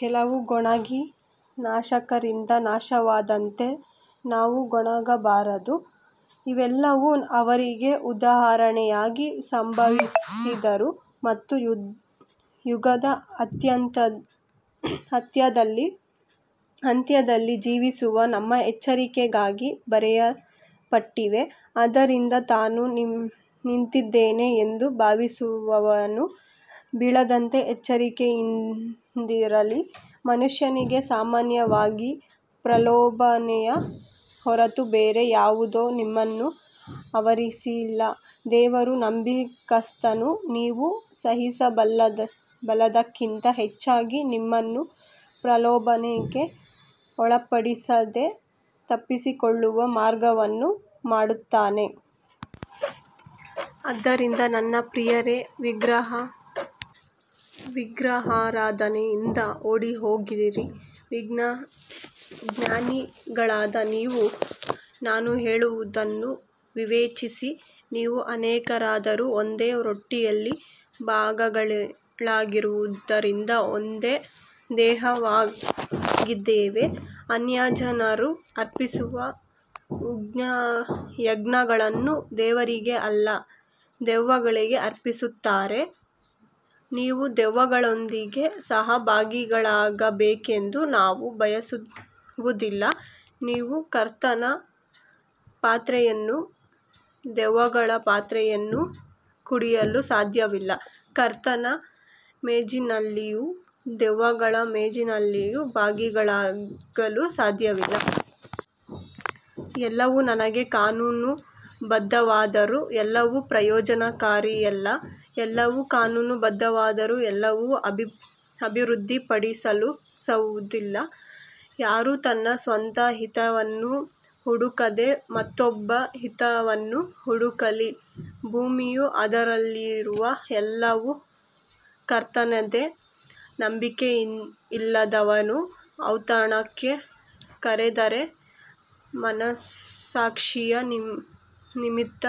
ಕೆಲವರು ಗೊಣಗಿ ನಾಶಕರಿಂದ ನಾಶವಾದಂತೆ ನಾವು ಗೊಣಗಬಾರದು. ಇವೆಲ್ಲವೂ ಅವರಿಗೆ ಉದಾಹರಣೆಯಾಗಿ ಸಂಭವಿಸಿದವು ಮತ್ತು ಯುಗದ ಅಂತ್ಯದಲ್ಲಿ ಜೀವಿಸುವ ನಮ್ಮ ಎಚ್ಚರಿಕೆಗಾಗಿ ಬರೆಯಲ್ಪಟ್ಟಿವೆ. ಆದ್ದರಿಂದ ತಾನು ನಿಂತಿದ್ದೇನೆ ಎಂದು ಭಾವಿಸುವವನು ಬೀಳದಂತೆ ಎಚ್ಚರಿಕೆಯಿಂದಿರಲಿ. ಮನುಷ್ಯನಿಗೆ ಸಾಮಾನ್ಯವಾದ ಪ್ರಲೋಭನೆಯ ಹೊರತು ಬೇರೆ ಯಾವುದೂ ನಿಮ್ಮನ್ನು ಆವರಿಸಿಲ್ಲ. ದೇವರು ನಂಬಿಗಸ್ತನು, ನೀವು ಸಹಿಸಬಲ್ಲದಕ್ಕಿಂತ ಹೆಚ್ಚಾಗಿ ನಿಮ್ಮನ್ನು ಪ್ರಲೋಭನೆಗೆ ಒಳಪಡಿಸದೆ, ತಪ್ಪಿಸಿಕೊಳ್ಳುವ ಮಾರ್ಗವನ್ನೂ ಮಾಡುತ್ತಾನೆ. ಆದ್ದರಿಂದ ನನ್ನ ಪ್ರಿಯರೇ, ವಿಗ್ರಹಾರಾಧನೆಯಿಂದ ಓಡಿಹೋಗಿರಿ. ಜ್ಞಾನಿಗಳಾದ ನೀವು ನಾನು ಹೇಳುವುದನ್ನು ವಿವೇಚಿಸಿರಿ. ನಾವು ಅನೇಕರಾದರೂ ಒಂದೇ ರೊಟ್ಟಿಯಲ್ಲಿ ಭಾಗಿಗಳಾಗಿರುವುದರಿಂದ ಒಂದೇ ದೇಹವಾಗಿದ್ದೇವೆ. ಅನ್ಯಜನರು ಅರ್ಪಿಸುವ ಯಜ್ಞಗಳನ್ನು ದೇವರಿಗೆ ಅಲ್ಲ, ದೆವ್ವಗಳಿಗೆ ಅರ್ಪಿಸುತ್ತಾರೆ. ನೀವು ದೆವ್ವಗಳೊಂದಿಗೆ ಸಹಭಾಗಿಗಳಾಗಬೇಕೆಂದು ನಾನು ಬಯಸುವುದಿಲ್ಲ. ನೀವು ಕರ್ತನ ಪಾತ್ರೆಯನ್ನೂ ದೆವ್ವಗಳ ಪಾತ್ರೆಯನ್ನೂ ಕುಡಿಯಲು ಸಾಧ್ಯವಿಲ್ಲ, ಕರ್ತನ ಮೇಜಿನಲ್ಲಿಯೂ ದೆವ್ವಗಳ ಮೇಜಿನಲ್ಲಿಯೂ ಭಾಗಿಗಳಾಗಲು ಸಾಧ್ಯವಿಲ್ಲ. ಎಲ್ಲವೂ ನನಗೆ ಕಾನೂನುಬದ್ಧವಾದರೂ ಎಲ್ಲವೂ ಪ್ರಯೋಜನಕಾರಿಯಲ್ಲ, ಎಲ್ಲವೂ ಕಾನೂನುಬದ್ಧವಾದರೂ ಎಲ್ಲವೂ ಅಭಿವೃದ್ಧಿಪಡಿಸುವುದಿಲ್ಲ. ಯಾರೂ ತನ್ನ ಸ್ವಂತ ಹಿತವನ್ನು ಹುಡುಕದೆ, ಮತ್ತೊಬ್ಬನ ಹಿತವನ್ನು ಹುಡುಕಲಿ. ಭೂಮಿಯೂ ಅದರಲ್ಲಿರುವ ಎಲ್ಲವೂ ಕರ್ತನದೇ. ನಂಬಿಕೆಯಿಲ್ಲದವನು ಔತಣಕ್ಕೆ ಕರೆದರೆ, ಮನಸ್ಸಾಕ್ಷಿಯ ನಿಮಿತ್ತ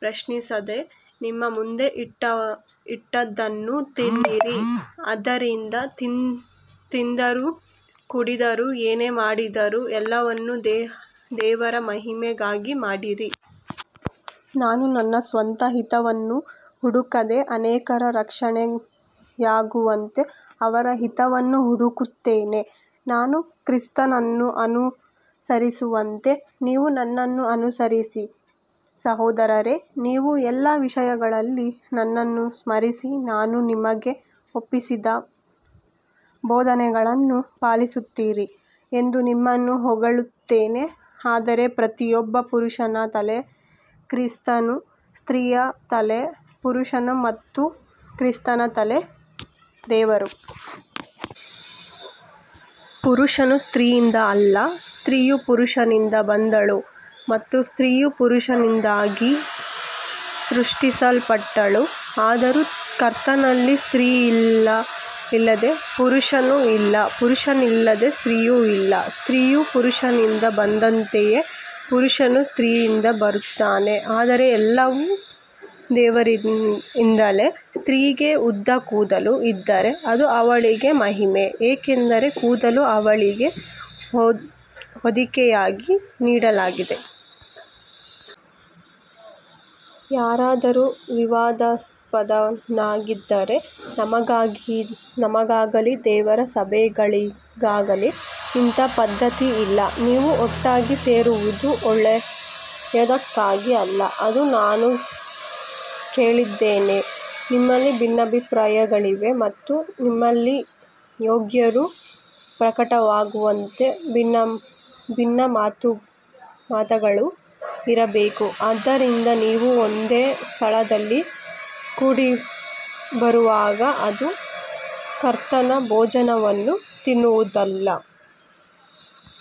ಪ್ರಶ್ನಿಸದೆ ನಿಮ್ಮ ಮುಂದೆ ಇಟ್ಟದ್ದನ್ನು ತಿನ್ನಿರಿ. ಆದ್ದರಿಂದ ತಿಂದರೂ ಕುಡಿದರೂ ಏನೇ ಮಾಡಿದರೂ ಎಲ್ಲವನ್ನೂ ದೇವರ ಮಹಿಮೆಗಾಗಿ ಮಾಡಿರಿ. ನಾನು ನನ್ನ ಸ್ವಂತ ಹಿತವನ್ನು ಹುಡುಕದೆ ಅನೇಕರ ರಕ್ಷಣೆಯಾಗುವಂತೆ ಅವರ ಹಿತವನ್ನು ಹುಡುಕುತ್ತೇನೆ. ನಾನು ಕ್ರಿಸ್ತನನ್ನು ಅನುಸರಿಸುವಂತೆ ನೀವು ನನ್ನನ್ನು ಅನುಸರಿಸಿರಿ. ಸಹೋದರರೇ, ನೀವು ಎಲ್ಲ ವಿಷಯಗಳಲ್ಲಿ ನನ್ನನ್ನು ಸ್ಮರಿಸಿ, ನಾನು ನಿಮಗೆ ಒಪ್ಪಿಸಿದ ಬೋಧನೆಗಳನ್ನು ಪಾಲಿಸುತ್ತೀರಿ ಎಂದು ನಿಮ್ಮನ್ನು ಹೊಗಳುತ್ತೇನೆ. ಆದರೆ ಪ್ರತಿಯೊಬ್ಬ ಪುರುಷನ ತಲೆ ಕ್ರಿಸ್ತನು, ಸ್ತ್ರೀಯ ತಲೆ ಪುರುಷನು ಮತ್ತು ಕ್ರಿಸ್ತನ ತಲೆ ದೇವರು. ಪುರುಷನು ಸ್ತ್ರೀಯಿಂದ ಅಲ್ಲ, ಸ್ತ್ರೀಯು ಪುರುಷನಿಂದ ಬಂದಳು, ಮತ್ತು ಸ್ತ್ರೀಯು ಪುರುಷನಿಗಾಗಿ ಸೃಷ್ಟಿಸಲ್ಪಟ್ಟಳು. ಆದರೂ ಕರ್ತನಲ್ಲಿ ಸ್ತ್ರೀಯಿಲ್ಲದೆ ಪುರುಷನೂ ಇಲ್ಲ, ಪುರುಷನಿಲ್ಲದೆ ಸ್ತ್ರೀಯೂ ಇಲ್ಲ. ಸ್ತ್ರೀಯು ಪುರುಷನಿಂದ ಬಂದಂತೆಯೇ ಪುರುಷನು ಸ್ತ್ರೀಯಿಂದ ಬರುತ್ತಾನೆ, ಆದರೆ ಎಲ್ಲವೂ ದೇವರಿಂದಲೇ. ಸ್ತ್ರೀಯಿಗೆ ಉದ್ದ ಕೂದಲು ಇದ್ದರೆ ಅದು ಅವಳಿಗೆ ಮಹಿಮೆ, ಏಕೆಂದರೆ ಕೂದಲು ಅವಳಿಗೆ ಹೊದಿಕೆಯಾಗಿ ನೀಡಲಾಗಿದೆ. ಯಾರಾದರೂ ವಿವಾದಾಸ್ಪದನಾಗಿದ್ದರೆ ನಮಗಾಗಲಿ ದೇವರ ಸಭೆಗಳಿಗಾಗಲಿ ಇಂಥ ಪದ್ಧತಿ ಇಲ್ಲ. ನೀವು ಒಟ್ಟಾಗಿ ಸೇರುವುದು ಒಳ್ಳೆಯದಕ್ಕಾಗಿ ಅಲ್ಲ ಎಂದು ನಾನು ಕೇಳಿದ್ದೇನೆ. ನಿಮ್ಮಲ್ಲಿ ಭಿನ್ನಾಭಿಪ್ರಾಯಗಳಿವೆ ಮತ್ತು ನಿಮ್ಮಲ್ಲಿ ಯೋಗ್ಯರು ಪ್ರಕಟವಾಗುವಂತೆ ಭಿನ್ನಮತಗಳೂ ಇರಬೇಕು. ಆದ್ದರಿಂದ ನೀವು ಒಂದೇ ಸ್ಥಳದಲ್ಲಿ ಕೂಡಿಬರುವಾಗ ಅದು ಕರ್ತನ ಭೋಜನವನ್ನು ತಿನ್ನುವುದಲ್ಲ.